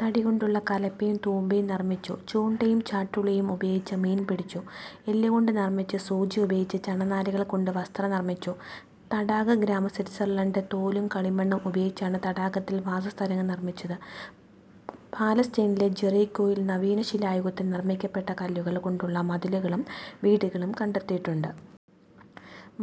തടികൊണ്ടുള്ള കലപ്പയും തൂമ്പയും നിർമ്മിച്ചു. ചൂണ്ടയും ചാട്ടുളിയും ഉപയോഗിച്ച് മീൻ പിടിച്ചു. എല്ലു കൊണ്ട് നിർമ്മിച്ച് സൂചി ഉപയോഗിച്ച് ചണ നാരുകൾ കൊണ്ട് വസ്ത്രം നിർമിച്ചു. തടാകഗ്രാമം സ്വിറ്റ്സർലണ്ട്. തോലും കളിമണ്ണും ഉപയോഗിച്ചാണ് തടാകത്തിൽ വാസസ്ഥലങ്ങൾ നിർമ്മിച്ചത്. പലസ്തീനിലെ ജെറീക്കോയിൽ നവീനശിലായുഗത്തിൽ നിർമ്മിക്കപ്പെട്ട കല്ലുകൾ കൊണ്ടുള്ള മതിലുകളും വീടുകളും കണ്ടെത്തിയിട്ടുണ്ട്.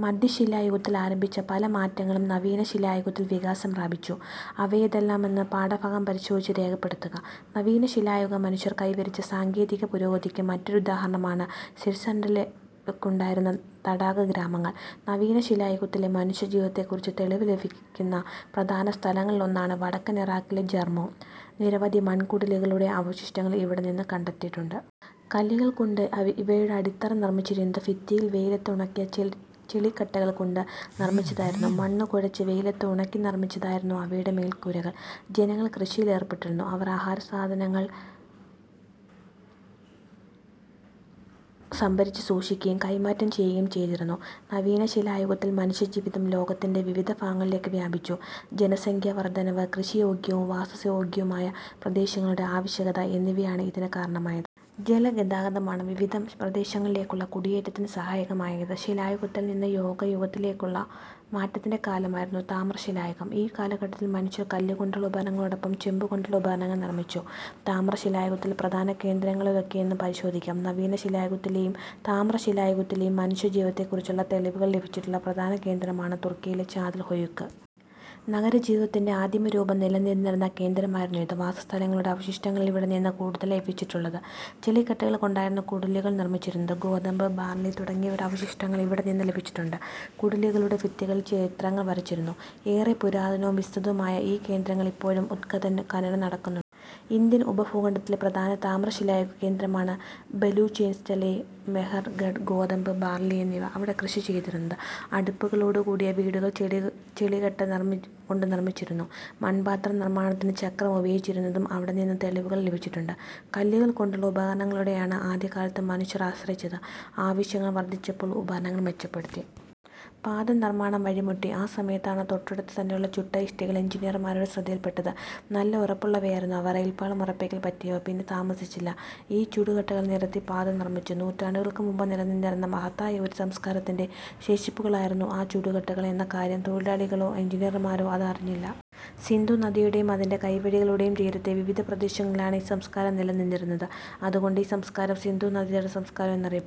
മധ്യശിലായുഗത്തിൽ ആരംഭിച്ച പല മാറ്റങ്ങളും നവീന ശിലായുഗത്തിൽ വികാസം പ്രാപിച്ചു. അവയേതെല്ലാമെന്ന് പാഠഭാഗം പരിശോധിച്ച് രേഖപ്പെടുത്തുക. നവീന ശിലായുഗ മനുഷ്യർ കൈവരിച്ച സാങ്കേതിക പുരോഗതിക്ക് മറ്റൊരുദാഹരണമാണ് സ്വിറ്റ്സർലണ്ടിലുണ്ടായിരുന്ന തടാകഗ്രാമങ്ങൾ. നവീന ശിലായുഗത്തിലെ മനുഷ്യജീവിതത്തെക്കുറിച്ച് തെളിവ് ലഭിക്കുന്ന പ്രധാന സ്ഥലങ്ങളിലൊന്നാണ് വടക്കൻ ഇറാക്കിലെ ജാർമൊ. നിരവധി മൺകുടിലുകളുടെ അവശിഷ്ടങ്ങൾ ഇവിടെ നിന്ന് കണ്ടെത്തിയിട്ടുണ്ട്. കല്ലുകൾകൊണ്ടാണ് ഇവയുടെ അടിത്തറ നിർമ്മിച്ചിരുന്നത്. ഭിത്തികൾ വെയിലത്ത് ഉണക്കിയ ചെളിക്കട്ടകൾ കൊണ്ട് നിർമ്മിച്ചതായിരുന്നു. മണ്ണ് കുഴച്ച് വെയിലത്ത് ഉണക്കി നിർമ്മിച്ചതായിരുന്നു അവയുടെ മേൽക്കൂരകൾ. ജനങ്ങൾ കൃഷിയിലേർപ്പെട്ടിരുന്നു. അവർ ആഹാരസാധനങ്ങൾ സംഭരിച്ച് സൂക്ഷിക്കുകയും കൈമാറ്റം ചെയ്യുകയും ചെയ്തിരുന്നു. നവീനശിലായുഗത്തിൽ മനുഷ്യജീവിതം ലോകത്തിന്റെ വിവിധ ഭാഗങ്ങളിലേക്ക് വ്യാപിച്ചു. ജനസംഖ്യാ വർദ്ധനവ്, കൃഷിയോഗ്യവും വാസയോഗ്യവുമായ പ്രദേശങ്ങളുടെ ആവശ്യകത എന്നിവയാണ് ഇതിന് കാരണമായത്. ജലഗതാഗതമാണ് വിവിധ പ്രദേശങ്ങളിലേക്കുള്ള കുടിയേറ്റത്തിന് സഹായകമായത്. ശിലായുഗത്തിൽനിന്ന് ലോഹയുഗത്തിലേക്കുള്ള മാറ്റത്തിന്റെ കാലമായിരുന്നു താമ്രശിലായുഗം. ഈ കാലഘട്ടത്തിൽ മനുഷ്യർ കല്ലു കൊണ്ടുള്ള ഉപകരണങ്ങളോടൊപ്പം ചെമ്പു കൊണ്ടുള്ള ഉപകരണങ്ങളും നിർമ്മിച്ചു. താമ്രശിലായുഗത്തിലെ പ്രധാന കേന്ദ്രങ്ങളേതൊക്കെയെന്ന് പരിശോധിക്കാം. നവീന ശിലായുഗത്തിലെയും താമ്രശിലായുഗത്തിലെയും മനുഷ്യ ജീവിതത്തെക്കുറിച്ചുള്ള തെളിവുകൾ ലഭിച്ചിട്ടുള്ള പ്രധാന കേന്ദമാണ് തുർക്കിയിലെ ചാതൽ ഹൊയുക്ക്. നഗരജീവിതത്തിന്റെ ആദിമ രൂപം നിലനിന്നിരുന്ന കേന്ദ്രമായിരുന്നു ഇത്. വാസസ്ഥലങ്ങളുടെ അവശിഷ്ടങ്ങളാണ് ഇവിടെനിന്ന് കൂടുതലായി ലഭിച്ചിട്ടുള്ളത്. ചെളിക്കട്ടകൾ കൊണ്ടായിരുന്നു കുടിലുകൾ നിർമ്മിച്ചിരുന്നത്. ഗോതമ്പ്, ബാർലി തുടങ്ങിയവയുടെ അവശിഷ്ടങ്ങൾ ഇവിടെ നിന്ന് ലഭിച്ചിട്ടുണ്ട്. കുടിലുകളുടെ ഭിത്തികളിൽ ചിത്രങ്ങൾ വരച്ചിരുന്നു. ഏറെ പുരാതനവും വിസ്തതവുമായ ഈ കേന്ദ്രത്തിൽ ഇപ്പോഴും ഉത്ഖനനം നടക്കുന്നുണ്ട്. ഇന്ത്യൻ ഉപഭൂഖണ്ഡത്തിലെ പ്രധാന താമ്രശിലായുഗ കേന്ദ്രമാണ് ബലൂചിസ്ഥാനിലെ മെഹർഗഡ്, ഗോതമ്പ്, ബാർലി എന്നിവ അവിടെ കൃഷി ചെയ്തിരുന്നു. അടുപ്പുകളോടുകൂടിയ വീടുകൾ ചെളിക്കട്ട കൊണ്ട് നിർമ്മിച്ചിരുന്നു. മൺപാത്ര നിർമ്മാണത്തിന് ചക്രം ഉപയോഗിച്ചിരുന്നതിനും അവിടെനിന്ന് തെളിവുകൾ ലഭിച്ചിട്ടുണ്ട്. കല്ലുകൊണ്ടുള്ള ഉപകരണങ്ങളെയാണ് ആദ്യകാലത്ത് മനുഷ്യർ ആശ്രയിച്ചത്. ആവശ്യങ്ങൾ വർദ്ധിച്ചപ്പോൾ ഉപകരണങ്ങൾ മെച്ചപ്പെടുത്തി. പാത നിർമ്മാണം വഴിമുട്ടി. ആ സമയത്താണ് തൊട്ടടുത്തു തന്നെയുള്ള ചുട്ട ഇഷ്ടികകൾ എഞ്ചിനീയർമാരുടെ ശ്രദ്ധയിൽപ്പെട്ടത്. നല്ല ഉറപ്പുളളവയായിരുന്നു അവ. റയിൽപ്പാളം ഉറപ്പിക്കാൻ പറ്റിയവ. പിന്നെ താമസിച്ചില്ല ഈ ചുടുകട്ടകൾ നിരത്തി പാത നിർമ്മിച്ചു. നൂറ്റാണ്ടുകൾക്ക് മുമ്പ് നിലനിന്ന മഹത്തായ ഒരു സംസ്കാരത്തിന്റെ ശേഷിപ്പുകളായിരുന്നു ആ ചുടുകട്ടകൾ എന്ന കാര്യം തൊഴിലാളികളോ എഞ്ചിനീയർമാരോ അന്ന് അറിഞ്ഞില്ല. സിന്ധു നദിയുടെയും അതിന്റെ കൈവഴികളുടെയും തീരത്തെ വിവിധ പ്രദേശങ്ങളിലാണ് ഈ സംസ്കാരം നില നിന്നിരുന്നത്. അതുകൊണ്ട് ഈ സംസ്കാരം സിന്ധു നദീതട സംസ്കാരം എന്നറിയപ്പെടുന്നു.